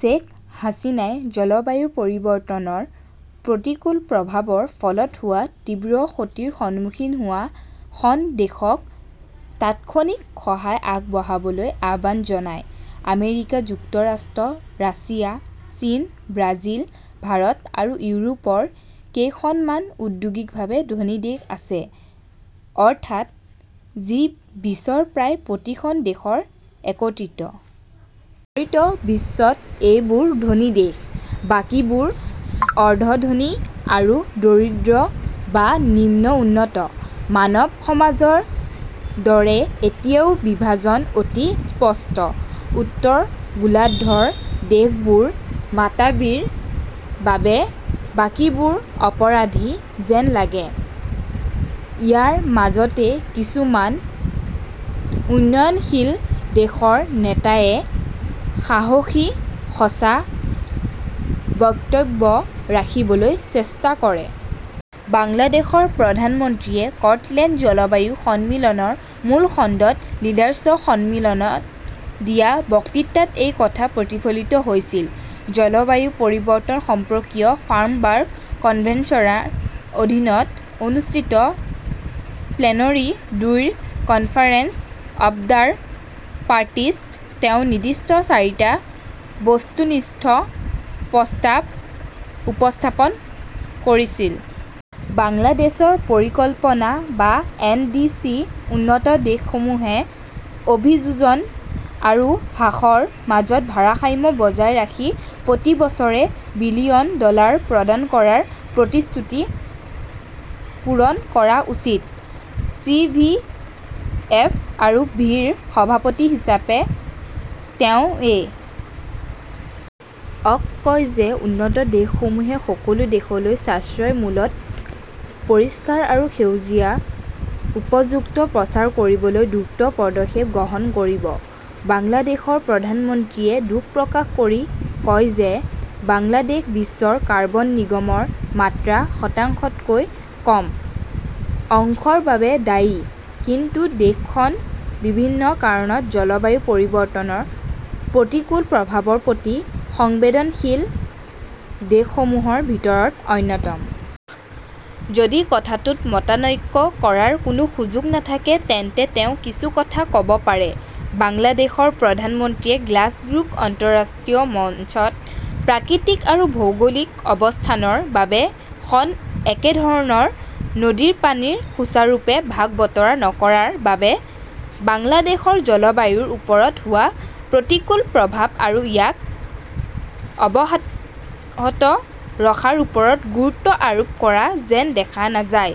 শ্বেইখ হাছিনাই জলবায়ু পৰিৱৰ্তনৰ প্ৰতিকূল প্ৰভাৱৰ ফলত হোৱা তীব্ৰ ক্ষতিৰ সন্মুখীন হোৱা খন দেশক তাৎক্ষণিক সহায় আগবঢ়াবলৈ আহ্বান জনায়। আমেৰিকা যুক্তৰাষ্ট্ৰ, ৰাছিয়া, চীন, ব্ৰাজিল, ভাৰত আৰু ইউৰোপৰ কেইখনমান ঔওদ্যোগিকভাৱে ধনী দেশ আছে। অৰ্থাৎ, জি- বিছৰ প্ৰায় প্ৰতিখন দেশৰ একত্ৰিত। স্তৰিত বিশ্বত এইবোৰ ধনী দেশ; বাকীবোৰ অৰ্ধ-ধনী আৰু দৰিদ্ৰ বা নিম্ন-উন্নত। মানৱ সমাজৰ দৰে এতিয়াও বিভাজন অতি স্পষ্ট। উত্তৰ গোলাৰ্ধৰ দেশবোৰ মাতাব্ৰীৰ বাবে বাকীবোৰ অপৰাধী যেন লাগে। ইয়াৰ মাজতে কিছুমান উন্নয়নশীল দেশৰ নেতায়ে সাহসী, সঁচা বক্তব্য ৰাখিবলৈ চেষ্টা কৰে। বাংলাদেশৰ প্ৰধানমন্ত্ৰীয়ে স্কটলেণ্ড জলবায়ু সন্মিলনৰ মূল খণ্ডত লিডাৰ্ছ সন্মিলনত দিয়া বক্তৃতাত এই কথা প্ৰতিফলিত হৈছিল। জলবায়ু পৰিৱৰ্তন সম্পৰ্কীয় ফাৰ্মবাৰ্ক কনভেনচৰা অধীনত অনুষ্ঠিত প্লেনৰী- দুইৰ কনফাৰেন্স অৱ দ্য পাৰ্টিছ তেওঁ নিৰ্দিষ্ট চাৰিটা বস্তুনিষ্ঠ প্ৰস্তাৱ উপস্থাপন কৰিছিল। বাংলাদেশৰ পৰিকল্পনা বা এন. ডি. চি. উন্নত দেশসমূহে অভিযোজন আৰু হ্ৰাসৰ মাজত ভাৰসাম্য বজাই ৰাখি প্ৰতি বছৰে বিলিয়ন ডলাৰ প্ৰদান কৰাৰ প্ৰতিশ্ৰুতি পূৰণ কৰা উচিত;. চি. ভি. এফ. আৰু ভি- -ৰ সভাপতি হিচাপে তেওঁ এ. অ'ক কয় যে উন্নত দেশসমূহে সকলো দেশলৈ সাশ্ৰয়ী মূল্যত পৰিষ্কাৰ আৰু সেউজীয়া প্ৰযুক্তি প্ৰচাৰ কৰিবলৈ দ্ৰুত পদক্ষেপ গ্ৰহণ কৰিব। বাংলাদেশৰ প্ৰধানমন্ত্ৰীয়ে দুখ প্ৰকাশ কৰি কয় যে বাংলাদেশ বিশ্বৰ কাৰ্বন নিগমৰ মাত্ৰা শতাংশতকৈ কম অংশৰ বাবে দায়ী কিন্তু দেশখন বিভিন্ন কাৰণত জলবায়ু পৰিৱৰ্তনৰ প্ৰতিকূল প্ৰভাৱৰ প্ৰতি সংবেদনশীল দেশসমূহৰ ভিতৰত অন্যতম। যদি কথাটোত মতানৈক্য কৰাৰ কোনো সুযোগ নাথাকে, তেন্তে তেওঁ কিছু কথা ক'ব পাৰে। বাংলাদেশৰ প্ৰধানমন্ত্ৰীয়ে গ্লাছগোৰ আন্তঃৰাষ্ট্ৰীয় মঞ্চত প্ৰাকৃতিক আৰু ভৌগোলিক অৱস্থানৰ বাবে খন একেধৰণৰ নদীৰ পানীৰ সুচাৰুৰূপে ভাগ-বতৰা নকৰাৰ বাবে বাংলাদেশৰ জলবায়ুৰ ওপৰত হোৱা প্ৰতিকূল প্ৰভাৱ আৰু ইয়াক অব্যাহত ৰখাৰ ওপৰত গুৰুত্ব আৰোপ কৰা যেন দেখা নাযায়।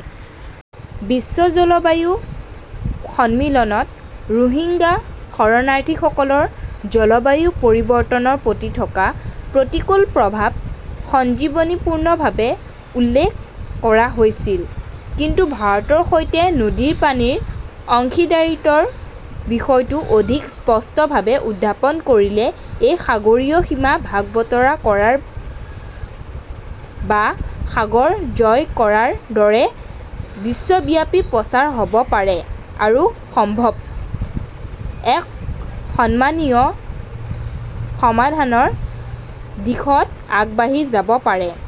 বিশ্ব জলবায়ু সন্মিলনত ৰোহিংগ্যা শৰণাৰ্থীসকলৰ জলবায়ু পৰিৱৰ্তনৰ প্ৰতি থকা প্ৰতিকূল প্ৰভাৱ সঞ্জিৱনীপূৰ্ণভাৱে উল্লেখ কৰা হৈছিল, কিন্তু ভাৰতৰ সৈতে নদীৰ পানীৰ অংশীদাৰিত্বৰ বিষয়টো অধিক স্পষ্টভাৱে উত্থাপন কৰিলে ই সাগৰীয় সীমা ভাগ-বতৰা কৰা বা সাগৰ জয় কৰাৰ দৰে বিশ্বব্যাপী প্ৰচাৰ হ'ব পাৰে আৰু সম্ভৱতঃ এক সন্মানীয় সমাধানৰ দিশত আগবাঢ়ি যাব পাৰে।